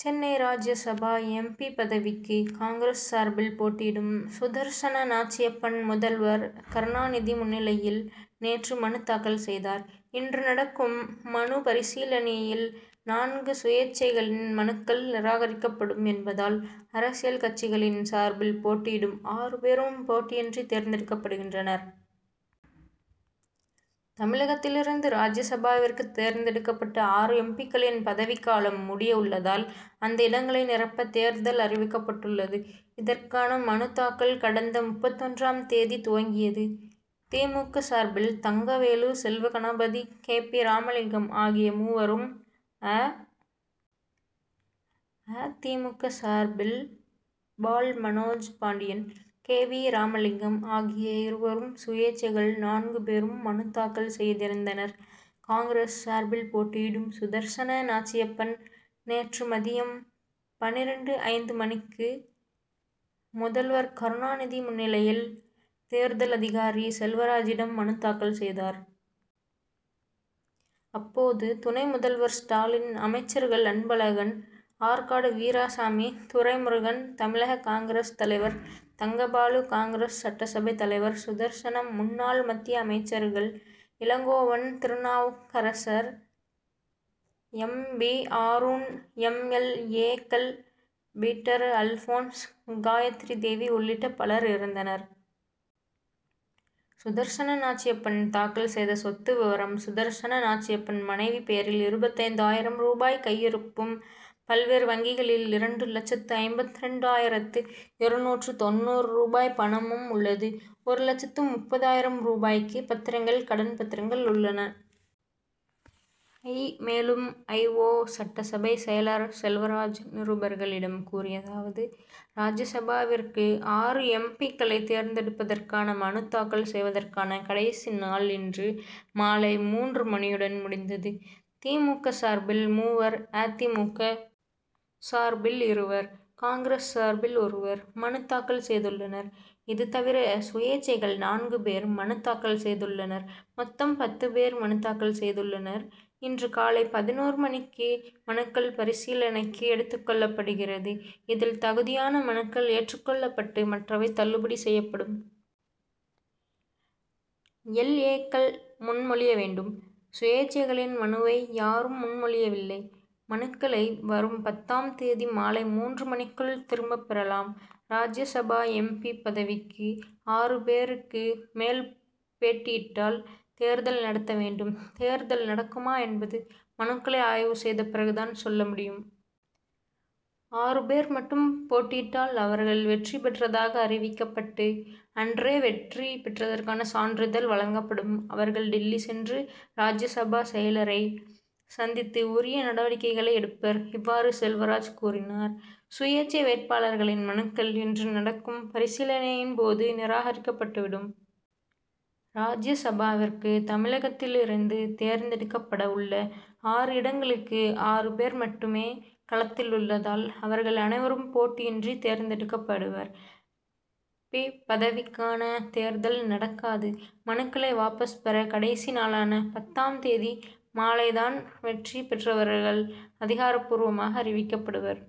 Chennai Rajya Sabha M. P. பதவிக்கு Congress சார்பில் போட்டியிடும் சுதர்சன நாச்சியப்பன், முதல்வர் கருணாநிதி முன்னிலையில் நேற்று மனு தாக்கல் செய்தார். இன்று நடக்கும் மனு பரிசீலனையில், நான்கு சுயேச்சைகளின் மனுக்கள் நிராகரிக்கப்படும் என்பதால், அரசியல் கட்சிகளின் சார்பில் போட்டியிடும் ஆறு பேரும் போட்டியின்றி தேர்ந்தெடுக்கப்படுகின்றனர். தமிழகத்திலிருந்து ராஜ்யசபாவிற்கு தேர்ந்தெடுக்கப்பட்ட ஆறு எம். பி.க்களின் பதவிக்காலம் முடிய உள்ளதால், அந்த இடங்களை நிரப்ப தேர்தல் அறிவிக்கப்பட்டுள்ளது. இதற்கான மனு தாக்கல், கடந்த முப்பத்தொன்றாம் தேதி துவங்கியது. தி. மு. க. சார்பில், தங்கவேலு, செல்வகணபதி, கே. பி. ராமலிங்கம் ஆகிய மூவரும், அ. தி. மு. க. சார்பில் பால் மனோஜ் பாண்டியன், கே. வி. ராமலிங்கம் ஆகிய இருவரும், சுயேச்சைகள் நான்கு பேரும் மனு தாக்கல் செய்திருந்தனர். காங்கிரஸ் சார்பில் போட்டியிடும் சுதர்சன நாச்சியப்பன் நேற்று மதியம் பன்னிரண்டு ஐந்து மணிக்கு, முதல்வர் கருணாநிதி முன்னிலையில், தேர்தல் அதிகாரி செல்வராஜிடம் மனு தாக்கல் செய்தார். அப்போது துணை முதல்வர் ஸ்டாலின், அமைச்சர்கள் அன்பழகன், ஆற்காடு வீராசாமி, துரைமுருகன், தமிழக காங்கிரஸ் தலைவர் தங்கபாலு, காங்கிரஸ் சட்டசபை தலைவர் சுதர்சனம், முன்னாள் மத்திய அமைச்சர்கள் Elangovan, Thirunavukkarasar, M. P., Aaroon, M. L. ஏ.,க்கள் பீட்டர் அல்போன்ஸ், காயத்ரிதேவி உள்ளிட்ட பலர் இருந்தனர். சுதர்சன நாச்சியப்பன் தாக்கல் செய்த சொத்து விவரம் சுதர்சன நாச்சியப்பன், மனைவி பெயரில் இருபத்தைந்து ஆயிரம் ரூபாய் கையிருப்பும், பல்வேறு வங்கிகளில் இரண்டு லட்சத்து ஐம்பத்திரண்டு ஆயிரத்து இருநூற்று தொண்ணூறு ரூபாய் பணமும் உள்ளது. ஒரு லட்சத்து முப்பது ஆயிரம் ரூபாய்க்கு பத்திரங்கள், கடன் பத்திரங்கள் உள்ளன. ஐ. மேலும், ஐ. ஓ. சட்டசபை செயலர் செல்வராஜ், நிருபர்களிடம் கூறியதாவது ராஜ்யசபாவிற்கு ஆறு எம். பி.,க்களை தேர்ந்தெடுப்பதற்கான மனு தாக்கல் செய்வதற்கான கடைசி நாள் இன்று மாலை மூன்று மணியுடன் முடிந்தது. தி. மு. க. சார்பில் மூவர், அ. தி. மு. க. சார்பில் இருவர், காங்கிரஸ் சார்பில் ஒருவர் மனு தாக்கல் செய்துள்ளனர். இதுதவிர, சுயேச்சைகள் நான்கு பேர் மனு தாக்கல் செய்துள்ளனர். மொத்தம் பத்து பேர் மனு தாக்கல் செய்துள்ளனர். இன்று காலை பதினொரு மணிக்கு, மனுக்கள் பரிசீலனைக்கு எடுத்துக் கொள்ளப்படுகிறது. இதில் தகுதியான மனுக்கள் ஏற்றுக் கொள்ளப்பட்டு, மற்றவை தள்ளுபடி செயப்படும். எல். ஏ.,க்கள் முன்மொழிய வேண்டும். சுயேச்சைகளின் மனுவை யாரும் முன்மொழியவில்லை. மனுக்களை வரும் பத்தாம் தேதி மாலை மூன்று மணிக்குள் திரும்பப் பெறலாம். ராஜ்யசபா எம். பி., பதவிக்கு ஆறு பேருக்கு மேல் பேட்டியிட்டால் தேர்தல் நடத்த வேண்டும். தேர்தல் நடக்குமா என்பது மனுக்களை ஆய்வு செய்த பிறகு தான் சொல்ல முடியும். ஆறு பேர் மட்டும் போட்டியிட்டால், அவர்கள் வெற்றி பெற்றதாக அறிவிக்கப்பட்டு, அன்றே வெற்றி பெற்றதற்கான சான்றிதழ் வழங்கப்படும். அவர்கள் டில்லி சென்று ராஜ்யசபா செயலரை சந்தித்து உரிய நடவடிக்கைகளை எடுப்பர். இவ்வாறு செல்வராஜ் கூறினார். சுயேச்சை வேட்பாளர்களின் மனுக்கள் இன்று நடக்கும் பரிசீலனையின் போது நிராகரிக்கப்பட்டுவிடும். ராஜ்யசபாவிற்கு தமிழகத்திலிருந்து தேர்ந்தெடுக்கப்படவுள்ள ஆறு இடங்களுக்கு, ஆறு பேர் மட்டுமே களத்தில் உள்ளதால், அவர்கள் அனைவரும் போட்டியின்றி தேர்ந்தெடுக்கப்படுவர். பி., பதவிக்கான தேர்தல் நடக்காது. மனுக்களை வாபஸ் பெற கடைசி நாளான பத்தாம் தேதி மாலை தான் வெற்றி பெற்றவர்கள் அதிகாரப்பூர்வமாக அறிவிக்கப்படுவர்.